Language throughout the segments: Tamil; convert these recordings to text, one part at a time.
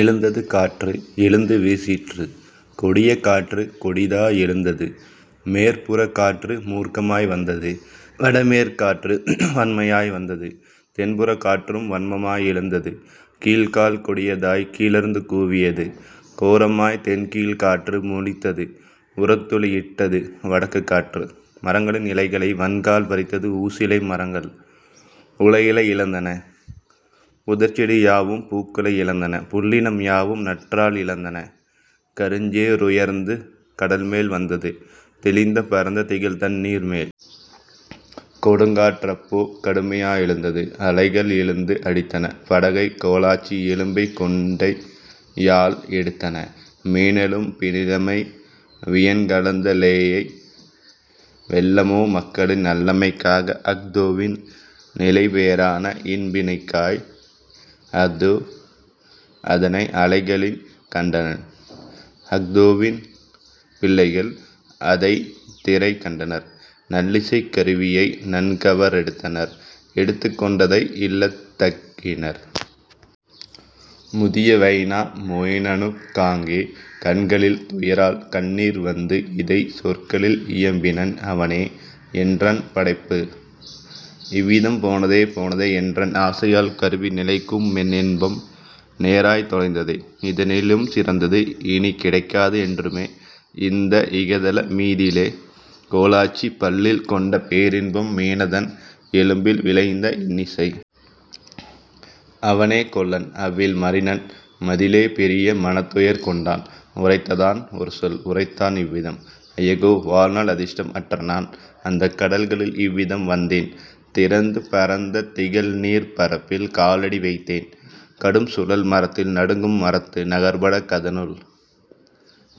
எழுந்தது காற்று எழுந்துவீ சிற்று கொடிய காற்றுக் கொடிதா யெழுந்தது மேற்புறக் காற்று மூர்க்கமாய் வந்தது வடமேற் காற்று வன்மையாய் வந்தது தென்புறக் காற்றும் வன்மமா யெழுந்தது கீழ்க்கால் கொடிதாய் கிளர்ந்துகூ வியது கோரமாய் தென்கீழ்க் காற்று மொலித்தது உரத்தொலி இட்டது வடக்குக் காற்று. மரங்களின் இலைகளை வன்கால் பறித்தது ஊசிலை மரங்கள் உளஇலை இழந்தன புதர்ச்செடி யாவும் பூக்களை இழந்தன புல்லினம் யாவும் நற்றாள் இழந்தன கருஞ்சே றுயர்ந்து கடல்மேல் வந்தது தெளிந்து பரந்த திகழ்தண் ணீர்மேல். கொடுங்காற் றப்போ கடுமையா யெழுந்தது அலைகள் எழுந்து அடித்தன படகை கோலாச்சி எலும்பைக் கொண்டயாழ் எடுத்தன மீனெலும் பினிலமை வியன்கலந்த லேயை வெல்லமோ மக்களின் நல்லமைக் காக அஹ்தோவின் நிலைபே றானஇன் பினுக்காய்; அஹ்தோ அதனை அலைகளில் கண்டனன் அஹ்தோவின் பிள்ளைகள் அதைத்திரை கண்டனர் நல்லிசைக் கருவியை நன்கவ ரெடுத்தனர் எடுத்துக் கொண்டதை இல்லத் தேகினர். முதிய வைனா மொயினனுக் காங்கே கண்களில் துயரால் கண்ணீர் வந்து இதைச் சொற்களில் இயம்பினன் அவனே: "என்றன் படைப்பு இவ்விதம் போனதே போனதே என்றன் ஆசையாழ்க் கருவி நிலைக்குமென் னின்பம் நேராய்த் தொலைந்ததே இதனிலும் சிறந்தது இனிக்கிடைக் காது என்றுமே இந்த இகதல மீதிலே கோலாச்சி பல்லில் கொண்டபே ரின்பம் மீனதன் எலும்பில் விளைந்த இன்னிசை. " அவனே கொல்லன் அவ்வில் மரினன் மதிலே பெரிய மனத்துயர் கொண்டான் உரைத்ததான் ஒருசொல் உரைத்தான் இவ்விதம்: "ஐயகோ வாழ்நாள் அதிர்ஷ்டம் அற்றநான் அந்தக் கடல்களில் இவ்விதம் வந்தேன் திறந்து பரந்த திகழ்நீர்ப் பரப்பில் காலடி வைத்தேன் கடும்சுழல் மரத்தில் நடுங்கும் மரத்து நகர்பட கதனுள்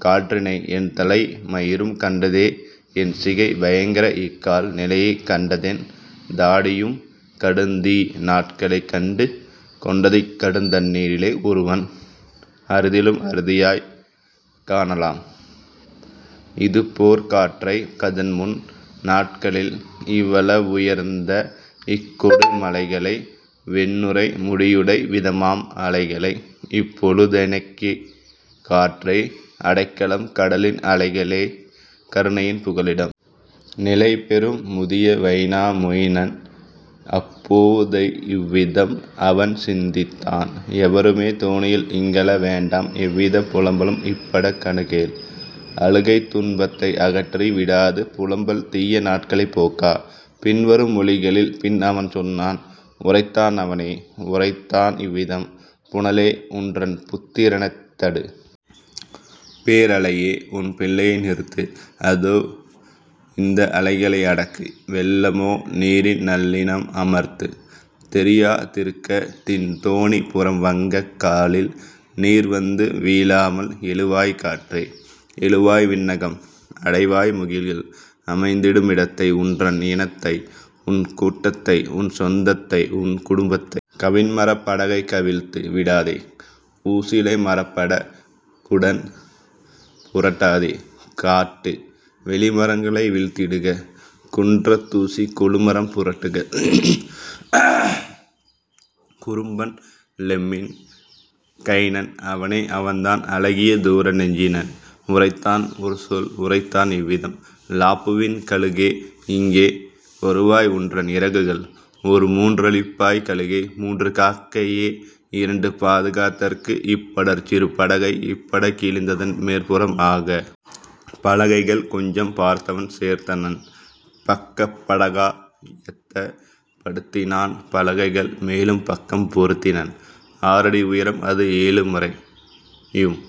காற்றினை என்தலை மயிரும் கண்டதே என்சிகை பயங்கர இக்கால் நிலையை கண்டதென் தாடியும் கடுந்தீ நாட்களை கண்டு கொண்டதிக் கடுந்தண் ணீரிலே; ஒருவன் அரிதிலும் அரிதாய்க் காணலாம் இதுபோற் காற்றை இதன்முன் நாட்களில் இவ்வள வுயர்ந்த இக்கொடு மலைகளை வெண்ணுரை முடியுடை விதமாம் அலைகளை; இப்பொழு தெனக்கிக் காற்றே அடைக்கலம் கடலின் அலைகளே கருணையின் புகலிடம். " நிலைபெறும் முதிய வைனா மொயினன் அப்போ திவ்விதம் அவன்சிந் தித்தான்: "எவருமே தோணியில் இங்கழ வேண்டாம் எவ்விதப் புலம்பலும் இப்பட கணுகேல்; அழுகைதுன் பத்தை அகற்றி விடாது புலம்பல் தீய நாட்களைப் போக்கா. " பின்வரும் மொழிகளில் பின்அவன் சொன்னான் உரைத்தான் அவனே உரைத்தான் இவ்விதம்: "புனலே, உன்றன் புத்திர னைத்தடு! பேரலை யே, உன் பிள்ளையை நிறுத்து! அஹ்தோ, இந்த அலைகளை அடக்கு! வெல்லமோ, நீரின் நல்லினம் அமர்த்து! தெறியா திருக்கத் திண்தோ ணிப் புறம் வங்கக் காலில்நீர் வந்துவீ ழாமல். எழுவாய் காற்றே, எழுவாய் விண்ணகம்! அடைவாய் முகில்கள் அமைந்திடு மிடத்தை உன்றன் இனத்தை உன்கூட் டத்தை உன்சொந் தத்தை உன்குடும் பத்தை! கவின்மரப் படகைக் கவிழ்த்து விடாதே ஊசிலை மரப்பட குடன்புரட் டாதே காட்டு வெளிமரங் களைவீழ்த் திடுக குன்றத் தூசிக் கொழுமரம் புரட்டுக! " குறும்பன் லெம்மின் கைனன் அவனே அவன்தான் அழகிய தூர நெஞ்சினன் உரைத்தான் ஒருசொல் உரைத்தான் இவ்விதம்: "லாப்புவின் கழுகே இங்கே வருவாய் உன்றன் இறகுகள் ஒருமூன் றளிப்பாய் கழுகே மூன்று காக்கையே இரண்டு பாதுகாத் தற்குஇப் படர்சிறு படகை இப்பட கிழிந்ததன் மேற்புறம் ஆக! " பலகைகள் கொஞ்சம் பார்த்தவன் சேர்த்தனன் பக்கப் படகா யத்தப் படுத்தினான் பலகைகள் மேலும் பக்கம் பொருத்தினன் ஆறடி உயரம் அதுஏழும் வரையும்